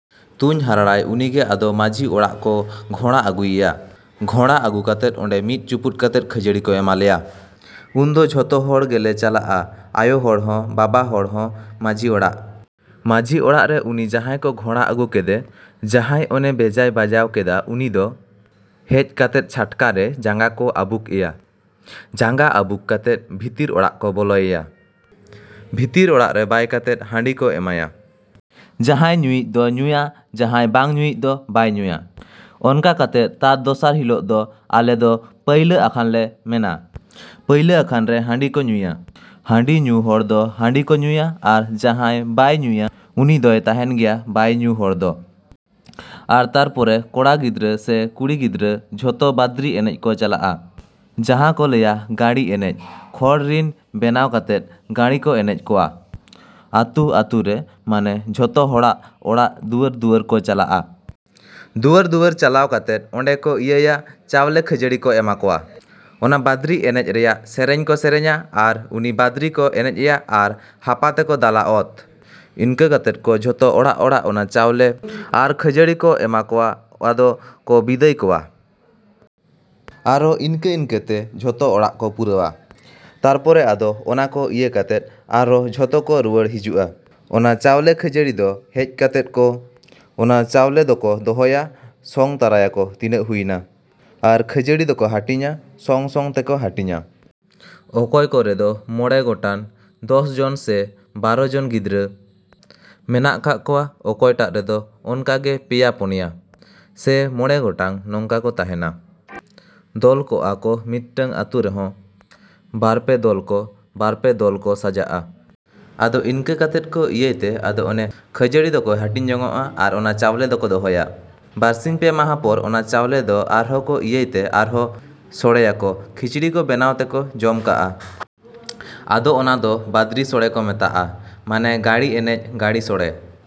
‎ᱛᱩᱧ ᱦᱟᱲᱟᱨᱟᱭ ᱩᱱᱤᱜᱮ ᱟᱫᱚ ᱢᱟᱺᱡᱷᱤ ᱚᱲᱟᱜ ᱠᱚ ᱜᱷᱚᱲᱟ ᱟᱹᱜᱩ ᱮᱭᱟ᱾ ᱜᱷᱚᱲᱟ ᱟᱹᱜᱩ ᱠᱟᱛᱮᱫ ᱚᱸᱰᱮ ᱢᱤᱫ ᱪᱩᱯᱩᱫ ᱠᱟᱛᱮᱫ ᱠᱷᱟᱹᱡᱟᱹᱲᱤ ᱠᱚ ᱮᱢᱟ ᱞᱮᱭᱟ᱾ ᱩᱱᱫᱚ ᱡᱷᱚᱛᱚ ᱦᱚᱲ ᱜᱮᱞᱮ ᱪᱟᱞᱟᱜᱼᱟ ᱟᱹᱭᱩ ᱦᱚᱲ ᱦᱚᱸ ᱵᱟᱵᱟ ᱦᱚᱲ ᱦᱚᱸ ᱢᱟᱹᱡᱷᱤ ᱚᱲᱟᱜ᱾ ᱢᱟᱹᱡᱷᱤ ᱚᱲᱟᱜ ᱨᱮ ᱩᱱᱤ ᱡᱟᱦᱟᱸᱭ ᱠᱚ ᱜᱷᱚᱲᱟ ᱟᱹᱜᱩ ᱠᱮᱫᱮ ᱡᱟᱦᱟᱸᱭ ᱚᱱᱮ ᱵᱷᱮᱡᱟᱭ ᱵᱟᱡᱟᱣ ᱠᱟᱫᱟ ᱩᱱᱤ ᱫᱚ ᱦᱮᱡ ᱠᱟᱛᱮᱫ ᱪᱷᱟᱴᱠᱟᱨᱮ ᱡᱟᱸᱜᱟ ᱠᱚ ᱟᱹᱵᱩᱠ ᱮᱭᱟ᱾ ᱡᱟᱸᱜᱟ ᱟᱹᱵᱩᱠ ᱠᱟᱛᱮᱫ ᱵᱷᱤᱛᱨᱤ ᱚᱲᱟᱜ ᱠᱚ ᱵᱟᱭᱮᱭᱟ᱾ ᱵᱷᱤᱛᱤᱨ ᱚᱲᱟᱜ ᱨᱮ ᱵᱟᱭ ᱠᱟᱛᱮᱫ ᱦᱟᱺᱰᱤ ᱠᱚ ᱮᱢᱟᱭᱟ᱾ ᱡᱟᱦᱟᱸᱭ ᱧᱩᱭᱤᱡ ᱫᱚ ᱧᱩᱭᱟᱭ ᱡᱟᱦᱟᱸᱭ ᱵᱟᱝ ᱧᱩᱭᱤᱡ ᱫᱚ ᱵᱟᱭ ᱧᱩᱭᱟ᱾ ᱚᱱᱠᱟ ᱠᱟᱛᱮᱫ ᱛᱟᱨ ᱫᱚᱥᱟᱨ ᱦᱤᱞᱚᱜ ᱫᱚ ᱟᱞᱮ ᱫᱚ ᱯᱟᱹᱭᱞᱟᱹ ᱟᱠᱷᱟᱱᱞᱮ ᱢᱮᱱᱟ ᱯᱟᱹᱭᱞᱟᱹ ᱟᱠᱷᱟᱱ ᱨᱮ ᱦᱟᱺᱰᱤ ᱠᱚ ᱧᱩᱭᱟ᱾ ᱦᱟᱺᱰᱤ ᱧᱩ ᱦᱚᱲ ᱫᱚ ᱦᱟᱺᱰᱤ ᱠᱚ ᱧᱩᱭᱟ ᱟᱨ ᱡᱟᱦᱟᱸᱭ ᱵᱟᱭ ᱧᱩᱭᱟ ᱩᱱᱤ ᱫᱚᱭ ᱛᱟᱦᱮᱱ ᱜᱮᱭᱟ ᱵᱟᱭ ᱧᱩ ᱦᱚᱲ ᱫᱚ᱾ ᱟᱨ ᱛᱟᱨᱯᱚᱨᱮ ᱠᱚᱲᱟ ᱜᱤᱫᱽᱨᱟᱹ ᱥᱮ ᱠᱩᱲᱤ ᱜᱤᱫᱽᱨᱟᱹ ᱡᱷᱚᱛᱚ ᱵᱟᱹᱫᱽᱨᱤ ᱮᱱᱮᱡ ᱠᱚ ᱪᱟᱞᱟᱜᱼᱟ ᱡᱟᱦᱟᱸ ᱠᱚ ᱞᱟᱹᱭᱟ ᱜᱟᱹᱲᱤ ᱮᱱᱮᱡ ᱠᱷᱚᱲ ᱨᱮᱱ ᱵᱮᱱᱟᱣ ᱠᱟᱛᱮᱫ ᱜᱟᱹᱲᱤ ᱠᱚ ᱮᱱᱮᱡ ᱠᱚᱣᱟ᱾ ᱟᱹᱛᱩ ᱟᱹᱛᱩᱨᱮ ᱢᱟᱱᱮ ᱡᱷᱚᱛᱚ ᱦᱚᱲᱟᱜ ᱚᱲᱟᱜ ᱫᱩᱣᱟᱹᱨᱼᱫᱩᱣᱟᱹᱨ ᱠᱚ ᱪᱟᱞᱟᱜᱼᱟ᱾ ᱫᱩᱣᱟᱹᱨᱼᱫᱩᱣᱟᱹᱨ ᱪᱟᱞᱟᱣ ᱠᱟᱛᱮᱫ ᱚᱸᱰᱮ ᱠᱚ ᱤᱭᱟᱹᱭᱟ ᱪᱟᱣᱞᱮ ᱠᱷᱟᱹᱡᱟᱹᱲᱤ ᱠᱚ ᱮᱢᱟ ᱠᱚᱣᱟ᱾ ᱚᱱᱟ ᱵᱟᱸᱫᱽᱨᱤ ᱮᱱᱮᱡ ᱨᱮᱱᱟᱜ ᱥᱮᱨᱮᱧᱟᱠᱚ, ᱥᱮᱨᱮᱧᱟᱠᱚ ᱟᱨ ᱩᱱᱤ ᱵᱟᱸᱫᱽᱨᱤ ᱠᱚ ᱮᱱᱮᱡᱮᱭᱟ ᱟᱨ ᱦᱟᱯᱟ ᱛᱮᱠᱚ ᱫᱟᱞᱟ ᱚᱛ᱾ ᱤᱱᱠᱟᱹ ᱠᱟᱛᱮᱫ ᱠᱚ ᱡᱷᱚᱛᱚ ᱚᱲᱟᱜᱼᱚᱲᱟᱜ ᱚᱱᱟ ᱪᱟᱣᱞᱮ ᱟᱨ ᱠᱷᱟᱹᱡᱟᱲᱤ ᱠᱚ ᱮᱢᱟᱠᱚᱣᱟ ᱟᱫᱚ ᱠᱚ ᱵᱤᱫᱟᱹᱭ ᱠᱚᱣᱟ᱾ ᱟᱨᱚ ᱤᱱᱠᱟᱹ ᱤᱱᱠᱟᱹ ᱛᱮ ᱡᱷᱚᱛᱚ ᱚᱲᱟᱜ ᱠᱚ ᱯᱩᱨᱟᱹᱣᱟ᱾ ᱛᱟᱨᱯᱚᱨᱮ ᱟᱫᱚ ᱚᱱᱟ ᱠᱚ ᱤᱭᱟᱹ ᱠᱟᱛᱮᱫ ᱟᱨᱚ ᱡᱷᱚᱛᱚ ᱠᱚ ᱨᱩᱣᱟᱹᱲ ᱦᱤᱡᱩᱜᱼᱟ᱾ ᱚᱱᱟ ᱪᱟᱣᱞᱮ ᱠᱷᱟᱹᱡᱟᱹᱲᱤ ᱫᱚ ᱦᱮᱡ ᱠᱟᱛᱮᱫ ᱠᱚ ᱚᱱᱟ ᱪᱟᱣᱞᱮ ᱫᱚᱠᱚ ᱫᱚᱦᱚᱭᱟ ᱥᱚᱝ ᱛᱟᱠᱚᱣᱟᱠᱚ ᱛᱤᱱᱟᱹᱜ ᱦᱩᱭᱱᱟ ᱟᱨ ᱠᱷᱟᱹᱡᱟᱹᱲᱤ ᱫᱚᱠᱚ ᱦᱟᱹᱴᱤᱧᱟ ᱥᱚᱝᱼᱥᱚᱝ ᱛᱮᱠᱚ ᱦᱟᱹᱴᱤᱧᱟ᱾ ᱚᱠᱚᱭ ᱠᱚ ᱨᱮᱫᱚ ᱢᱚᱬᱮ ᱜᱚᱴᱟᱱ ᱫᱚᱥ ᱡᱚᱱ ᱥᱮ ᱵᱟᱨᱚ ᱡᱚᱱ ᱜᱤᱫᱽᱨᱟᱹ ᱢᱮᱱᱟᱜ ᱠᱟᱜ ᱠᱚᱣᱟ ᱚᱠᱚᱭᱴᱟᱜ ᱨᱮᱫᱚ ᱚᱱᱠᱟᱜᱮ ᱯᱮᱭᱟ ᱯᱩᱱᱭᱟ ᱥᱮ ᱢᱚᱬᱮ ᱜᱚᱴᱮᱱ ᱱᱚᱝᱠᱟ ᱠᱚ ᱛᱟᱦᱮᱱᱟ᱾ ᱫᱚᱞ ᱠᱚᱜᱼᱟᱠᱚ ᱢᱤᱫᱴᱮᱱ ᱟᱹᱛᱩ ᱨᱮᱦᱚᱸ ᱵᱟᱨᱯᱮ ᱫᱚᱞ ᱠᱚ ᱵᱟᱨ ᱯᱮ ᱫᱚᱞ ᱠᱚ ᱥᱟᱡᱟᱜᱼᱟ᱾ ᱟᱫᱚ ᱤᱱᱠᱟᱹ ᱠᱟᱛᱮᱫ ᱠᱚ ᱤᱭᱟᱹᱭ ᱛᱮ ᱟᱫᱚ ᱚᱱᱮ ᱠᱷᱟᱹᱡᱟᱲᱤ ᱫᱚᱠᱚ ᱦᱟᱹᱴᱤᱧ ᱡᱚᱱᱟᱜᱼᱟ ᱟᱨ ᱚᱱᱟ ᱪᱟᱣᱞᱮ ᱫᱚᱠᱚ ᱫᱚᱦᱚᱭᱟ᱾ ᱵᱟᱨᱥᱤᱧ ᱯᱮ ᱢᱟᱦᱟ ᱯᱚᱨ ᱚᱱᱟ ᱪᱟᱣᱞᱮ ᱫᱚ ᱟᱨᱦᱚᱸ ᱠᱚ ᱤᱭᱟᱹᱭ ᱛᱮ ᱟᱨᱦᱚᱸ ᱥᱳᱲᱮᱭᱟᱠᱚ ᱠᱷᱤᱪᱲᱤ ᱠᱚ ᱵᱮᱱᱟᱣ ᱛᱮᱠᱚ ᱡᱚᱢ ᱠᱟᱜᱼᱟ᱾ ᱟᱫᱚ ᱚᱱᱟ ᱫᱚ ᱵᱟᱹᱫᱽᱨᱤ ᱥᱳᱲᱮ ᱠᱚ ᱢᱮᱛᱟᱜᱼᱟ ᱢᱟᱱᱮ ᱜᱟᱹᱲᱤ ᱮᱱᱮᱡ ᱜᱟᱹᱲᱤ ᱥᱳᱲᱮ᱾।